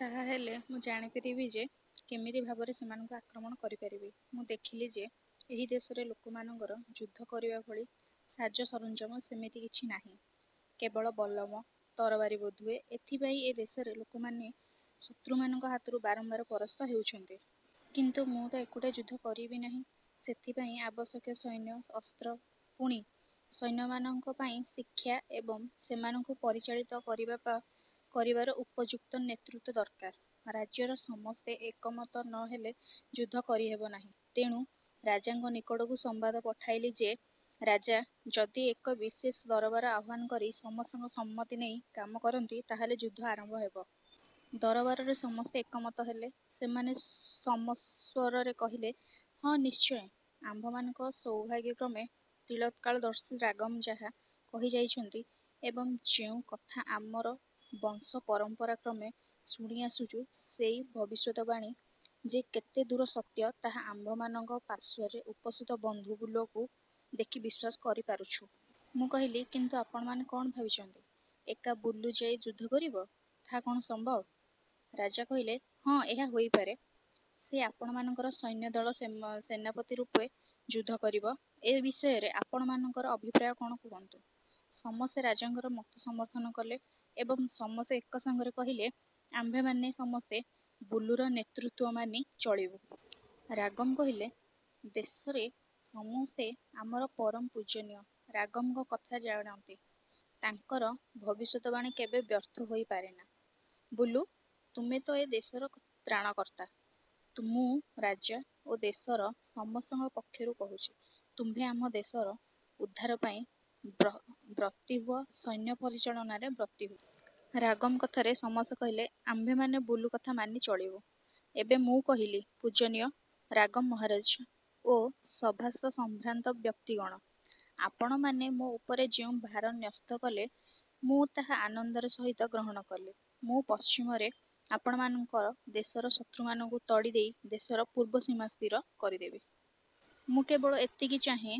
ତାହାହେଲେ ମୁଁ ଜାଣିପାରିବି ଯେ, କେମିତି ଭାବରେ ସେମାନଙ୍କୁ ଆକ୍ରମଣ କରିପାରିବି। '' ମୁଁ ଦେଖିଲି ଯେ ଏହି ଦେଶର ଲୋକମାନଙ୍କର ଯୁଦ୍ଧ କରିବାଭଳି ସାଜସରଞ୍ଜାମ ସେମିତି କିଛି ନାହିଁ। କେବଳ ବଲ୍ଲମ, ତରବାରୀ ବୋଧହୁଏ ଏଇଥିପାଇଁ ଏ ଦେଶର ଲୋକମାନେ ଶତ୍ରୁମାନଙ୍କ ହାତରୁ ବାରମ୍ବାର ପରାସ୍ତ ହେଉଛନ୍ତି। କିନ୍ତୁ ମୁଁ ତ ଏକୁଟିଆ ଯୁଦ୍ଧ କରିବି ନାହିଁ, ସେଥପାଇଁ ଆବଶ୍ୟକ ସୈନ୍ୟ, ଅସ୍ତ୍ର। ପୁଣି ସୈନ୍ୟମାନଙ୍କ ପାଇଁ ଶିକ୍ଷା ଏବଂ ସେମାନଙ୍କୁ ପରିଚାଳିତ କରିବାର ଉପଯୁକ୍ତ ନେତୃତ୍ୱ ଦରକାର। ରାଜ୍ୟର ସମସ୍ତେ ଏକମତ ନ ହେଲେ ଯୁଦ୍ଧ କରିହେବ ନାହିଁ। ତେଣୁ ରାଜାଙ୍କ ନିକଟକୁ ସମ୍ବାଦ ପଠାଇଲି ଯେ, ରାଜା ଯଦି ଏକ ବିଶେଷ ଦରବାର ଆହ୍ୱାନ କରି ସମସ୍ତଙ୍କ ସମ୍ମତି ନେଇ କାମ କରନ୍ତି, ତାହାହେଲେ ଯୁଦ୍ଧ ଆରମ୍ଭ ହେବ। ଦରବାରରେ ସମସ୍ତେ ଏକମତ ହେଲେ। ସେମାନେ ସମସ୍ୱରରେ କହିଲେ, ''ହଁ ନିଶ୍ଚୟ। ଆମ୍ଭମାନଙ୍କ ସୌଭାଗ୍ୟକ୍ରମେ ତ୍ରିକାଳଦର୍ଶୀ ରାଗମ୍ ଯାହା କହିଯାଇଛନ୍ତି ଏବଂ ଯେଉଁ କଥା ଆମର ବଂଶ ପରମ୍ପରା କ୍ରମେ ଶୁଣି ଆସୁଛୁ ସେଇ ଭବିଷ୍ୟତବାଣୀ ଯେ କେତେଦୂର ସତ୍ୟ ତାହା ଆମ୍ଭମାନଙ୍କ ପାର୍ଶ୍ୱରେ ଉପସ୍ଥିତ ବନ୍ଧୁ ବୁଲୁକୁ ଦେଖି ବିଶ୍ୱାସ କରିପାରୁଛୁଁ। '' ମୁଁ କହିଲି କିନ୍ତୁ ଆପଣମାନେ କ'ଣ ଭାବିଛନ୍ତି, ଏକା ବୁଲୁ ଯାଇ ଯୁଦ୍ଧ କରିବ? ତାହା କ'ଣ ସମ୍ଭବ? ରାଜା କହିଲେ, ''ହଁ ଏହା ହୋଇପାରେ। ସେ ଆପଣମାନଙ୍କର ସୈନ୍ୟଦଳର ସେନାପତିରୂପେ ଯୁଦ୍ଧ କରିବ, ଏ ବିଷୟରେ ଆପଣମାନଙ୍କର ଅଭିପ୍ରାୟ କ'ଣ କୁହନ୍ତୁ। '' ସମସ୍ତେ ରାଜାଙ୍କର ମତ ସମର୍ଥନ କଲେ ଏବଂ ସମସ୍ତେ ଏକ ସଙ୍ଗରେ କହିଲେ, ''ଆମ୍ଭେମାନେ ସମସ୍ତେ ବୁଲୁର ନେତୃତ୍ୱ ମାନି ଚଳିବୁ। '' ରାଗମ୍ କହିଲେ, ଦେଶର ସମସ୍ତେ ଆମର ପରମ ପୂଜନୀୟ ରାଗମ୍ଙ୍କ କଥା ଜାଣନ୍ତି। ତାଙ୍କର ଭବିଷ୍ୟତବାଣୀ କେବେ ବ୍ୟର୍ଥ ହୋଇପାରେନା। ବୁଲୁ, ତୁମେ ତ ଏ ଦେଶର ତ୍ରାଣକର୍ତ୍ତା। ମୁଁ ରାଜା ଓ ଦେଶର ସମସ୍ତଙ୍କ ପକ୍ଷରୁ କହୁଛି, ତୁମ୍ଭେ ଆମ୍ଭ ଦେଶର ଉଦ୍ଧାରପାଇଁ ବ୍ରତୀ ହୁଅ ସୈନ୍ୟ ପରିଚାଳନାରେ ବ୍ରତୀ ହୁଅ। ରାଗମ୍ କଥାରେ ସମସ୍ତେ କହିଲେ, ''ଆମ୍ଭେମାନେ ବୁଲୁ କଥା ମାନି ଚଳିବୁ। '' ଏବେ ମୁଁ କହିଲି-ପୂଜନୀୟ ରାଗମ୍ ମହାରାଜ ଓ ସଭାସ୍ଥ ସମ୍ଭ୍ରାନ୍ତ ବ୍ୟକ୍ତିଗଣ, ''ଆପଣମାନେ ମୋ ଉପରେ ଯେଉଁ ଭାର ନ୍ୟସ୍ତ କଲେ, ମୁଁ ତାହା ଆନନ୍ଦର ସହିତ ଗ୍ରହଣ କଲି। ମୁଁ ପଶ୍ଚିମରେ ଆପଣମାନଙ୍କ ଦେଶର ଶତ୍ରୁମାନଙ୍କୁ ତଡ଼ି ଦେଇ ଦେଶର ପୂର୍ବ ସୀମା ସ୍ଥିର କରିଦେବି। ମୁଁ କେବଳ ଏତିକି ଚାହେଁ,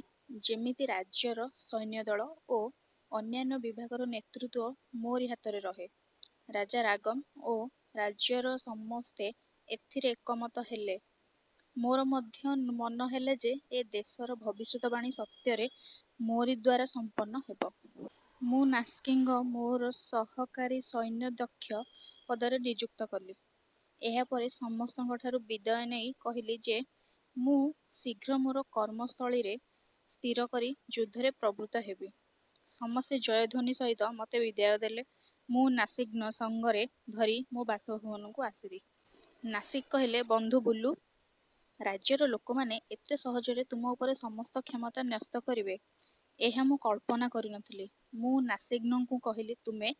ଯେମିତି ରାଜ୍ୟର ସୈନ୍ୟଦଳ ଓ ଅନ୍ୟାନ୍ୟ ବିଭାଗର ନେତୃତ୍ୱ ମୋରି ହାତରେ ରହେ। '' ରାଜା ରାଗମ୍ ଓ ରାଜ୍ୟର ସମସ୍ତେ ଏଥିରେ ଏକମତ ହେଲେ। ମୋର ମଧ୍ୟ ମନେହେଲା ଯେ, ଏ ଦେଶର ଭବିଷ୍ୟତବାଣୀ ସତ୍ୟରେ ମୋରିଦ୍ୱାରା ସମ୍ପନ୍ନ ହେବ। ମୁଁ ନାସିଗ୍କୁ ମୋର ସହକାରୀ ସୈନ୍ୟାଧ୍ୟକ୍ଷ ପଦରେ ନିଯୁକ୍ତ କଲି। ଏହାପରେ ସମସ୍ତଙ୍କଠାରୁ ବିଦାୟ ନେଇ କହିଲି ଯେ, ''ମୁଁ ଶୀଘ୍ର ମୋର କର୍ମପ୍ରଣାଳୀ ସ୍ଥିର କରି ଯୁଦ୍ଧରେ ପ୍ରବୃତ୍ତ ହେବି। '' ସମସ୍ତେ ଜୟଧ୍ୱନି ସହିତ ମୋତେ ବିଦାୟ ଦେଲେ। ମୁଁ ନାସିଗ୍ଙ୍କୁ ସଙ୍ଗରେ ଧରି ମୋ ବାସଭବନକୁ ଆସିରି। ନାସିଗ୍ କହିଲେ, ବନ୍ଧୁ ବୁଲୁ! ରାଜ୍ୟର ଲୋକମାନେ ଏତେ ସହଜରେ ତୁମ ଉପରେ ସମସ୍ତ କ୍ଷମତା ନ୍ୟସ୍ତ କରିବେ, ଏହା ମୁଁ କଳ୍ପନା କରିନଥିଲି। ମୁଁ ନାସିଗ୍କୁ କହିଲି, ''ତୁମେ